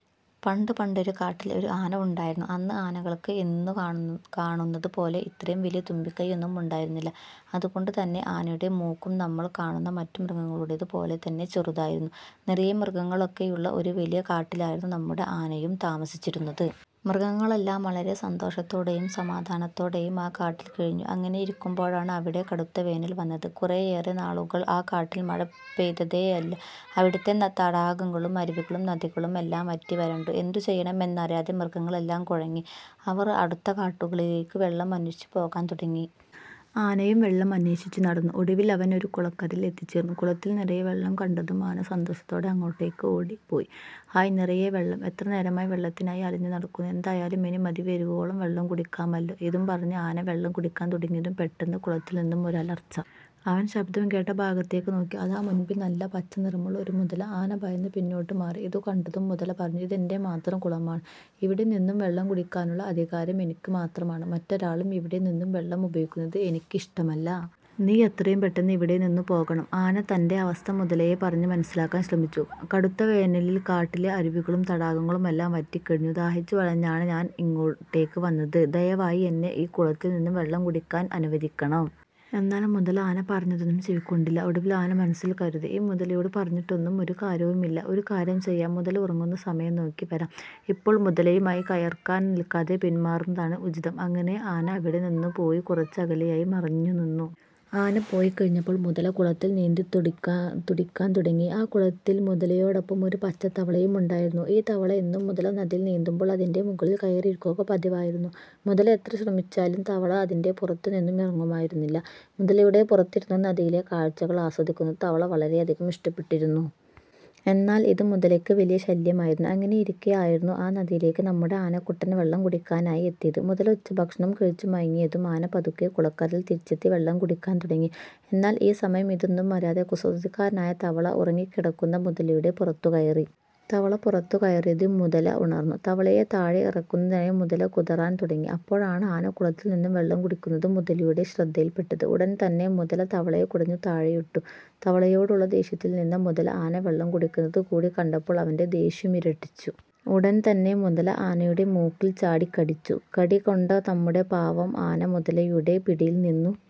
പണ്ട് പണ്ടൊരു കാട്ടിൽ ഒരു ആന ഉണ്ടായിരുന്നു. അന്ന് ആനകൾക്ക് ഇന്നു കാണുന്നതു പോലെ ഇത്രയും വലിയ തുമ്പിക്കൈയൊന്നും ഉണ്ടായിരുന്നില്ല. അതുകൊണ്ടു തന്നെ ആനയുടെ മൂക്കും നമ്മൾ കാണുന്ന മറ്റു മൃഗങ്ങളുടേതു പോലെ തന്നെ ചെറുതായിരുന്നു. നിറയെ മൃഗങ്ങളൊക്കെയുള്ള ഒരു വലിയ കാട്ടിലായിരുന്നു നമ്മുടെ ആനയും താമസിച്ചിരുന്നത്. മൃഗങ്ങളെല്ലാം വളരെ സന്തോഷത്തോടെയും സമാധാനത്തോടെയും ആ കാട്ടിൽ കഴിഞ്ഞു. അങ്ങനെയിരിക്കുമ്പോഴാണ് അവിടെ കടുത്ത വേനൽ വന്നത്. കുറേയേറെ നാളുകൾ ആ കാട്ടിൽ മഴ പെയ്തതേ ഇല്ല. അവിടത്തെ തടാകങ്ങളും അരുവികളും നദികളും എല്ലാം വറ്റി വരണ്ടു. എന്തു ചെയ്യണം എന്നറിയാതെ മൃഗങ്ങളെല്ലാം കുഴങ്ങി. അവർ അടുത്ത കാടുകളിലേക്ക് വെള്ളം അന്വേഷിച്ച് പോകാൻ തുടങ്ങി. ആനയും വെള്ളം അന്വേഷിച്ചു നടന്നു. ഒടുവിൽ അവൻ ഒരു കുളക്കരയിൽ എത്തിചേർന്നു. കുളത്തിൽ നിറയെ വെള്ളം കണ്ടതും ആന സന്തോഷത്തോടെ അങ്ങോട്ടേക്ക് ഓടി പോയി. "ഹായ് നിറയെ വെള്ളം, എത്ര നേരമായി വെള്ളത്തിനായി അലഞ്ഞു നടക്കുന്നു. എന്തായാലും ഇനി മതിവരുവോളം വെള്ളം കുടിക്കാമല്ലോ. " ഇതും പറഞ്ഞ് ആന വെള്ളം കുടിക്കാൻ തുടങ്ങിയതും പെട്ടെന്ന് കുളത്തിൽ നിന്നും ഒരു അലർച്ച. അവൻ ശബ്ദം കേട്ട ഭാഗത്തേക്ക് നോക്കി. അതാ മുൻപിൽ നല്ല പച്ച നിറമുള്ള ഒരു മുതല. ആന ഭയന്ന് പിന്നോട്ട് മാറി. ഇതു കണ്ടതും മുതല പറഞ്ഞു "ഇതെന്റെ മാത്രം കുളമാണ്. ഇവിടെ നിന്നും വെള്ളം കുടിക്കാനുള്ള അധികാരം എനിക്ക് മാത്രമാണ്. മറ്റൊരാളും ഇവിടെ നിന്നും വെള്ളം ഉപയോഗിക്കുന്നത് എനിക്കിഷ്ടമല്ല. നീ എത്രയും പെട്ടെന്ന് ഇവിടെ നിന്നു പോകണം. " ആന തന്റെ അവസ്ഥ മുതലയെ പറഞ്ഞു മനസ്സിലാക്കാൻ ശ്രമിച്ചു. "കടുത്ത വേനലിൽ കാട്ടിലെ അരുവികളും തടാകങ്ങളുമെല്ലാം വറ്റി കഴിഞ്ഞു. ദാഹിച്ചു വലഞ്ഞാണ് ഞാൻ ഇങ്ങോട്ടേക്ക് വന്നത്. ദയവായി എന്നെ ഈ കുളത്തിൽ നിന്ന് വെള്ളം കുടിക്കാൻ അനുവദിക്കണം. " എന്നാൽ മുതല ആന പറഞ്ഞതൊന്നും ചെവിക്കൊണ്ടില്ല. ഒടുവിൽ ആന മനസ്സിൽ കരുതി "ഈ മുതലയോട് പറഞ്ഞിട്ടൊന്നും ഒരു കാര്യവുമില്ല. ഒരു കാര്യം ചെയ്യാം മുതല ഉറങ്ങുന്ന സമയം നോക്കി വരാം. ഇപ്പോൾ മുതലയുമായി കയർക്കാൻ നിൽക്കാതെ പിൻമാറുന്നതാണ് ഉചിതം. " അങ്ങനെ ആന അവിടെ നിന്നു പോയി കുറച്ച് അകലെയായി മറഞ്ഞു നിന്നു. ആന പോയി കഴിഞ്ഞപ്പോൾ മുതല കുളത്തിൽ നീന്തിത്തുടിക്കാൻ തുടങ്ങി. ആ കുളത്തിൽ മുതലയോടൊപ്പം ഒരു പച്ച തവളയും ഉണ്ടായിരുന്നു. ഈ തവള എന്നും മുതല നദിയിൽ നീന്തുമ്പോൾ അതിന്റെ മുകളിൽ കയറിയിരിക്കുക പതിവായിരുന്നു. മുതല എത്ര ശ്രമിച്ചാലും തവള അതിന്റെ പുറത്തു നിന്നും ഇറങ്ങുമായിരുന്നില്ല. മുതലയുടെ പുറത്തിരുന്ന് നദിയിലെ കാഴ്ചകൾ ആസ്വദിക്കുന്നത് തവള വളരെയധികം ഇഷ്ടപ്പെട്ടിരുന്നു. എന്നാൽ ഇത് മുതലയ്ക്ക് വലിയ ശല്യമായിരുന്നു. അങ്ങനെയിരിക്കെ ആയിരുന്നു ആ നദിയിലേക്ക് നമ്മുടെ ആനക്കുട്ടൻ വെള്ളം കുടിക്കാനായി എത്തിയത്. മുതല ഉച്ചഭക്ഷണവും കഴിച്ചു മയങ്ങിയതും ആന പതുക്കെ കുളക്കരയിൽ തിരിച്ചെത്തി വെള്ളം കുടിക്കാൻ തുടങ്ങി. എന്നാൽ ഈ സമയം ഇതൊന്നുമറിയാതെ കുസൃതിക്കാരനായ തവള ഉറങ്ങിക്കിടന്ന മുതലയുടെ പുറത്തുകയറി. തവള പുറത്തു കയറിയതും മുതല ഉണർന്നു. തവളയെ താഴെ ഇറക്കുന്നതിനായി മുതല കുതറാൻ തുടങ്ങി. അപ്പോഴാണ് ആന കുളത്തിൽ നിന്നും വെള്ളം കുടിക്കുന്നത് മുതലയുടെ ശ്രദ്ധയിൽപ്പെട്ടത്. ഉടൻ തന്നെ മുതല തവളയെ കുടഞ്ഞു താഴെയിട്ടു. തവളയോടുള്ള ദേഷ്യത്തിൽ നിന്ന മുതല ആന വെള്ളം കുടിക്കുന്നത് കൂടി കണ്ടപ്പോൾ അവന്റെ ദേഷ്യം ഇരട്ടിച്ചു. ഉടൻ തന്നെ മുതല ആനയുടെ മൂക്കിൽ ചാടി കടിച്ചു. കടി കൊണ്ട നമ്മുടെ പാവം ആന മുതലയുടെ പിടിയിൽ നിന്നു